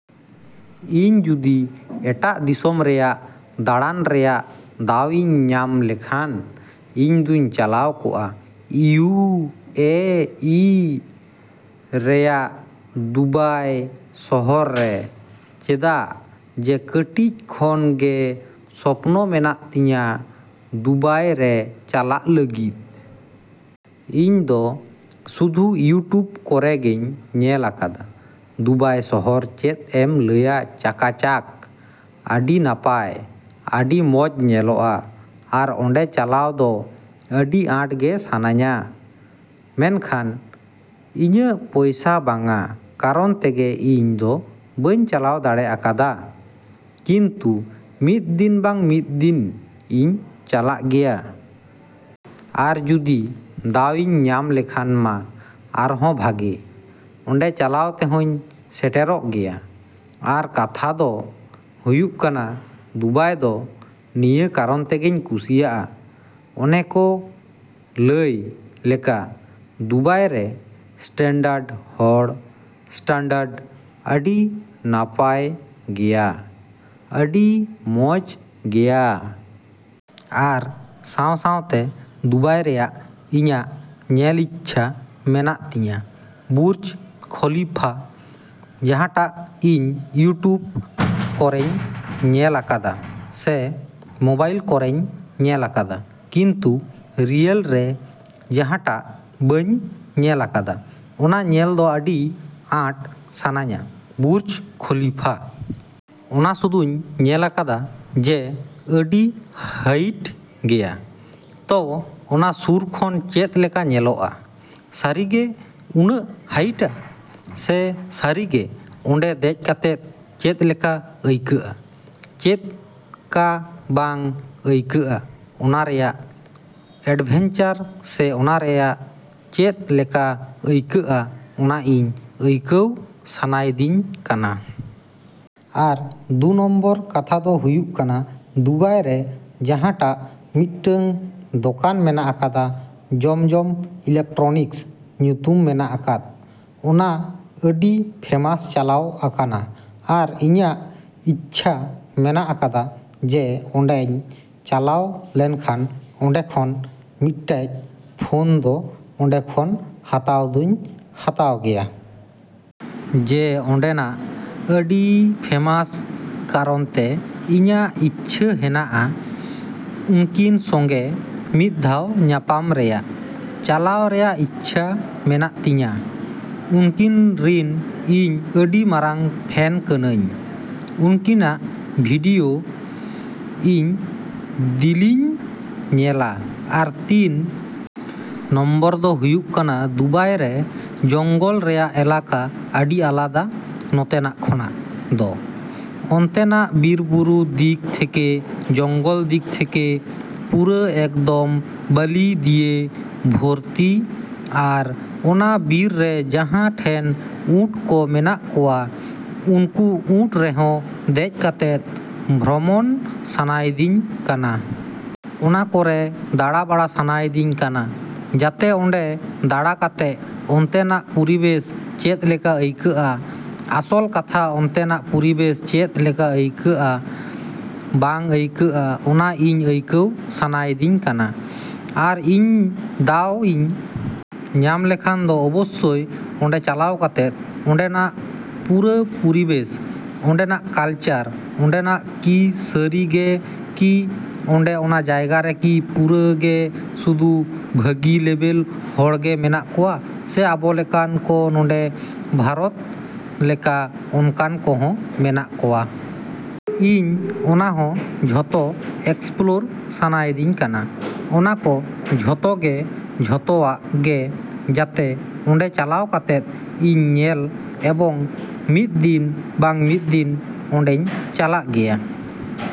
ᱤᱧ ᱡᱩᱫᱤ ᱮᱴᱟᱜ ᱫᱤᱥᱚᱢ ᱨᱮᱭᱟᱜ ᱫᱟᱲᱟᱱ ᱨᱮᱭᱟᱜ ᱫᱟᱣ ᱤᱧ ᱧᱟᱢ ᱞᱮᱠᱷᱟᱱ, ᱤᱧ ᱫᱚᱧ ᱪᱟᱞᱟᱣ ᱠᱚᱜᱼᱟ ᱤᱭᱩ. ᱮ. ᱤ. ᱨᱮᱭᱟᱜ ᱫᱩᱵᱟᱭ ᱥᱚᱦᱚᱨ ᱨᱮ᱾ ᱪᱮᱫᱟᱜ ᱡᱮ ᱠᱟᱹᱴᱤᱡ ᱠᱷᱚᱱ ᱜᱮ ᱥᱚᱯᱱᱚ ᱢᱮᱱᱟᱜ ᱛᱤᱧᱟ ᱫᱩᱵᱟᱭ ᱨᱮ ᱪᱟᱞᱟᱜ ᱞᱟᱹᱜᱤᱫ᱾ ᱤᱧ ᱫᱚ ᱥᱩᱫᱷᱩ ᱤᱭᱩᱴᱩᱵᱽ ᱠᱚᱨᱮ ᱜᱮᱧ ᱧᱮᱞ ᱟᱠᱟᱫᱟ ᱫᱩᱵᱟᱭ ᱥᱚᱦᱚᱨ ᱪᱮᱫ ᱮᱢ ᱞᱟᱹᱭᱟ ᱪᱟᱠᱟᱪᱟᱠ, ᱟᱹᱰᱤ ᱱᱟᱯᱟᱭ, ᱟᱹᱰᱤ ᱢᱚᱡᱽ ᱧᱮᱞᱚᱜᱼᱟ, ᱟᱨ ᱚᱸᱰᱮ ᱪᱟᱞᱟᱣ ᱫᱚ ᱟᱹᱰᱤ ᱟᱸᱴ ᱜᱮ ᱥᱟᱱᱟᱧᱟ᱾ ᱢᱮᱱᱠᱷᱟᱱ ᱤᱧᱟᱜ ᱯᱚᱭᱥᱟ ᱵᱟᱝᱟ ᱠᱟᱨᱚᱱ ᱛᱮᱜᱮ ᱤᱧ ᱫᱚ ᱵᱟᱹᱧ ᱪᱟᱞᱟᱣ ᱫᱟᱲᱮ ᱟᱠᱟᱫᱟ, ᱠᱤᱱᱛᱩ ᱢᱤᱫ ᱫᱤᱱ ᱵᱟᱝ ᱢᱤᱫ ᱫᱤᱱ ᱤᱧ ᱪᱟᱞᱟᱜ ᱜᱮᱭᱟ᱾ ᱟᱨ ᱡᱩᱫᱤ ᱫᱟᱣ ᱤᱧ ᱧᱟᱢ ᱞᱮᱠᱷᱟᱱ ᱢᱟ ᱟᱨᱦᱚᱸ ᱵᱷᱟᱜᱮ᱾ ᱚᱸᱰᱮ ᱪᱟᱞᱟᱣ ᱛᱮᱦᱚᱧ ᱥᱮᱴᱮᱨᱚᱜ ᱜᱮᱭᱟ᱾ ᱟᱨ ᱠᱟᱛᱷᱟ ᱫᱚ ᱦᱩᱭᱩᱜ ᱠᱟᱱᱟ ᱫᱩᱵᱟᱭ ᱫᱚ ᱱᱤᱭᱟᱹ ᱠᱟᱨᱚᱱ ᱛᱮᱜᱮᱧ ᱠᱩᱥᱤᱭᱟᱜᱼᱟ, ᱚᱱᱮ ᱠᱚ ᱞᱟᱹᱭ ᱞᱮᱠᱟ ᱫᱩᱵᱟᱭ ᱨᱮ ᱥᱴᱟᱱᱰᱟᱨᱰ ᱦᱚᱲ ᱥᱴᱟᱱᱰᱟᱨᱰ ᱟᱹᱰᱤ ᱱᱟᱯᱟᱭ ᱜᱮᱭᱟ, ᱟᱹᱰᱤ ᱢᱚᱡᱽ ᱜᱮᱭᱟ᱾ ᱟᱨ ᱥᱟᱶ ᱥᱟᱶᱛᱮ ᱫᱩᱵᱟᱭ ᱨᱮᱭᱟᱜ ᱤᱧᱟᱜ ᱧᱮᱞ ᱤᱪᱪᱷᱟ ᱢᱮᱱᱟᱜ ᱛᱤᱧᱟ ᱵᱩᱨᱡᱽ ᱠᱷᱚᱞᱤᱯᱷᱟ, ᱡᱟᱦᱟᱸᱴᱟᱜ ᱤᱧ ᱤᱭᱩᱴᱩᱵᱽ ᱠᱚᱨᱮᱧ ᱧᱮᱞ ᱟᱠᱟᱫᱟ ᱥᱮ ᱢᱚᱵᱟᱭᱤᱞ ᱠᱚᱨᱮᱧ ᱧᱮᱞ ᱟᱠᱟᱫᱟ, ᱠᱤᱱᱛᱩ ᱨᱤᱭᱮᱞ ᱨᱮ ᱡᱟᱦᱟᱸᱴᱟᱜ ᱵᱟᱹᱧ ᱧᱮᱞ ᱟᱠᱟᱫ, ᱚᱱᱟ ᱧᱮᱞ ᱫᱚ ᱟᱹᱰᱤ ᱟᱸᱴ ᱥᱟᱱᱟᱧᱟ ᱵᱩᱨᱡᱽ ᱠᱷᱚᱞᱤᱯᱷᱟ᱾ ᱚᱱᱟ ᱥᱩᱫᱩᱧ ᱧᱮᱞ ᱟᱠᱟᱫᱟ ᱡᱮ ᱟᱹᱰᱤ ᱦᱟᱭᱤᱴ ᱜᱮᱭᱟ, ᱛᱚ ᱚᱱᱟ ᱥᱩᱨ ᱠᱷᱚᱱ ᱪᱮᱫ ᱞᱮᱠᱟ ᱧᱮᱞᱚᱜᱼᱟ, ᱥᱟᱹᱨᱤ ᱜᱮ ᱩᱱᱟᱹᱜ ᱦᱟᱭᱤᱴᱼᱟ ᱥᱮ ᱥᱟᱹᱨᱤ ᱜᱮ ᱚᱸᱰᱮ ᱫᱮᱡ ᱠᱟᱛᱮᱫ ᱪᱮᱫ ᱞᱮᱠᱟ ᱟᱹᱭᱠᱟᱹᱜᱼᱟ, ᱪᱮᱫ ᱠᱟ ᱵᱟᱝ ᱟᱹᱭᱠᱟᱹᱜᱼᱟ, ᱚᱱᱟ ᱨᱮᱭᱟᱜ ᱮᱰᱵᱷᱮᱧᱪᱟᱨ ᱥᱮ ᱚᱱᱟ ᱨᱮᱭᱟᱜ ᱪᱮᱫ ᱞᱮᱠᱟ ᱟᱹᱭᱠᱟᱹᱜᱼᱟ ᱚᱱᱟ ᱤᱧ ᱟᱹᱭᱠᱟᱹᱣ ᱥᱟᱱᱟᱭᱤᱫᱤᱧ ᱠᱟᱱᱟ᱾ ᱟᱨ ᱫᱩ ᱱᱚᱢᱵᱚᱨ ᱠᱟᱛᱷᱟ ᱫᱚ ᱦᱩᱭᱩᱜ ᱠᱟᱱᱟ ᱫᱩᱵᱟᱭ ᱨᱮ ᱡᱟᱦᱟᱸᱴᱟᱜ ᱢᱤᱫᱴᱟᱹᱝ ᱫᱚᱠᱟᱱ ᱢᱮᱱᱟᱜ ᱟᱠᱟᱫᱟ ᱡᱚᱢ ᱡᱚᱢ ᱤᱞᱮᱠᱴᱨᱚᱱᱤᱠᱥ ᱧᱩᱛᱩᱢ ᱢᱮᱱᱟᱜ ᱟᱠᱟᱫ, ᱚᱱᱟ ᱟᱹᱰᱤ ᱯᱷᱮᱢᱟᱥ ᱪᱟᱞᱟᱣ ᱟᱠᱟᱱᱟ ᱟᱨ ᱤᱧᱟᱜ ᱤᱪᱪᱷᱟ ᱢᱮᱱᱟᱜ ᱟᱠᱟᱫᱟ ᱡᱮ ᱚᱸᱰᱮᱧ ᱪᱟᱞᱟᱣ ᱞᱮᱱᱠᱷᱟᱱ ᱚᱸᱰᱮ ᱠᱷᱚᱱ ᱢᱤᱫᱴᱟᱹᱡ ᱯᱷᱳᱱ ᱫᱚ ᱚᱸᱰᱮ ᱠᱷᱚᱱ ᱦᱟᱛᱟᱣ ᱫᱚᱧ ᱦᱟᱛᱟᱣ ᱜᱮᱭᱟ᱾ ᱡᱮ ᱚᱸᱰᱮᱱᱟᱜ ᱟᱹᱰᱤ ᱯᱷᱮᱢᱟᱥ ᱠᱟᱨᱚᱱᱛᱮ, ᱤᱧᱟᱜ ᱤᱪᱪᱷᱟ ᱦᱮᱱᱟᱜᱼᱟ ᱩᱱᱠᱤᱱ ᱥᱚᱸᱜᱮ ᱢᱤᱫ ᱫᱷᱟᱣ ᱧᱟᱯᱟᱢ ᱨᱮᱭᱟᱜ, ᱪᱟᱞᱟᱣ ᱨᱮᱭᱟᱜ ᱤᱪᱪᱷᱟ ᱢᱮᱱᱟᱜ ᱛᱤᱧᱟ, ᱩᱱᱠᱤᱱ ᱨᱤᱱ ᱤᱧ ᱟᱹᱰᱤ ᱢᱟᱨᱟᱝ ᱯᱷᱮᱱ ᱠᱟᱹᱱᱟᱹᱧ᱾ ᱩᱱᱠᱤᱱᱟᱜ ᱵᱷᱤᱰᱭᱳ ᱤᱧ ᱫᱤᱞᱤᱧ ᱧᱮᱞᱟ᱾ ᱟᱨ ᱛᱤᱱ ᱱᱚᱢᱵᱚᱨ ᱫᱚ ᱦᱩᱭᱩᱜ ᱠᱟᱱᱟ ᱫᱩᱵᱟᱭ ᱨᱮ ᱡᱚᱝᱜᱚᱞ ᱨᱮᱭᱟᱜ ᱮᱞᱟᱠᱟ ᱟᱹᱰᱤ ᱟᱞᱟᱫᱟ ᱱᱚᱛᱮᱱᱟᱜ ᱠᱷᱚᱱᱟᱜ ᱫᱚ, ᱚᱱᱛᱮᱱᱟᱜ ᱵᱤᱨ ᱵᱩᱨᱩ ᱫᱤᱠ ᱛᱷᱮᱠᱮ, ᱡᱚᱝᱜᱚᱞ ᱫᱤᱠ ᱛᱷᱮᱠᱮ ᱯᱩᱨᱟᱹ ᱮᱠᱫᱚᱢ ᱵᱟᱞᱤ ᱫᱤᱭᱮ ᱵᱷᱚᱨᱛᱤ, ᱟᱨ ᱚᱱᱟ ᱵᱤᱨ ᱨᱮ ᱡᱟᱦᱟᱸ ᱴᱷᱮᱱ ᱩᱸᱴ ᱠᱚ ᱢᱮᱱᱟᱜ ᱠᱚᱣᱟ ᱩᱱᱠᱩ ᱩᱸᱴ ᱨᱮᱦᱚᱸ ᱫᱮᱡ ᱠᱟᱛᱮᱫ ᱵᱷᱨᱚᱢᱚᱱ ᱥᱟᱱᱟᱭᱤᱫᱤᱧ ᱠᱟᱱᱟ᱾ ᱚᱱᱟ ᱠᱚᱨᱮ ᱫᱟᱲᱟ ᱵᱟᱲᱟ ᱥᱟᱱᱟᱭᱤᱫᱤᱧ ᱠᱟᱱᱟ᱾ ᱡᱟᱛᱮ ᱚᱸᱰᱮ ᱫᱟᱲᱟ ᱠᱟᱛᱮᱜ ᱚᱱᱛᱮᱱᱟᱜ ᱯᱚᱨᱤᱵᱮᱥ ᱪᱮᱫ ᱞᱮᱠᱟ ᱟᱹᱭᱠᱟᱹᱜᱼᱟ, ᱟᱥᱚᱞ ᱠᱟᱛᱷᱟ ᱚᱱᱛᱮᱱᱟᱜ ᱯᱚᱨᱤᱵᱮᱥ ᱪᱮᱫ ᱞᱮᱠᱟ ᱟᱹᱭᱠᱟᱹᱜᱼᱟ ᱵᱟᱝ ᱟᱹᱭᱠᱟᱹᱜᱼᱟ, ᱚᱱᱟ ᱤᱧ ᱟᱹᱭᱠᱟᱹᱣ ᱥᱟᱱᱟᱭᱤᱫᱤᱧ ᱠᱟᱱᱟ, ᱟᱨ ᱤᱧ ᱫᱟᱣ ᱤᱧ ᱧᱟᱢ ᱞᱮᱠᱷᱟᱱ ᱫᱚ ᱚᱵᱚᱥᱥᱚᱭ ᱚᱸᱰᱮ ᱪᱟᱞᱟᱣ ᱠᱟᱛᱮᱫ ᱚᱸᱰᱮᱱᱟᱜ ᱯᱩᱨᱟᱹ ᱯᱚᱨᱤᱵᱮᱥ, ᱚᱸᱰᱮᱱᱟᱜ ᱠᱟᱞᱪᱟᱨ, ᱚᱸᱰᱮᱱᱟᱜ ᱠᱤ ᱥᱟᱹᱨᱤ ᱜᱮ ᱠᱤ ᱚᱸᱰᱮ ᱚᱱᱟ ᱡᱟᱭᱜᱟ ᱨᱮ ᱠᱤ ᱯᱩᱨᱟᱹ ᱜᱮ ᱥᱩᱫᱩ ᱵᱷᱟᱹᱜᱤ ᱞᱮᱵᱮᱞ ᱦᱚᱲ ᱜᱮ ᱢᱮᱱᱟᱜ ᱠᱚᱣᱟ, ᱥᱮ ᱟᱵᱚ ᱞᱮᱠᱟᱱ ᱠᱚ ᱱᱚᱰᱮ ᱵᱷᱟᱨᱚᱛ ᱞᱮᱠᱟ ᱚᱱᱠᱟᱱ ᱠᱚ ᱦᱚᱸ ᱢᱮᱱᱟᱜ ᱠᱚᱣᱟ᱾ ᱤᱧ ᱚᱱᱟ ᱦᱚᱸ ᱡᱷᱚᱛᱚ ᱮᱠᱥᱯᱞᱳᱨ ᱥᱟᱱᱟᱭᱤᱫᱤᱧ ᱠᱟᱱᱟ, ᱚᱱᱟ ᱠᱚ ᱡᱷᱚᱛᱚ ᱜᱮ ᱡᱷᱚᱛᱚᱣᱟᱜ ᱜᱮ ᱡᱟᱛᱮ ᱚᱸᱰᱮ ᱪᱟᱞᱟᱣ ᱠᱟᱛᱮᱫ ᱤᱧ ᱧᱮᱞ ᱮᱵᱚᱝ ᱢᱤᱫ ᱫᱤᱱ ᱵᱟᱝ ᱢᱤᱫ ᱫᱤᱱ ᱫᱚ ᱚᱸᱰᱮᱧ ᱪᱟᱞᱟᱜ ᱜᱮᱭᱟ᱾।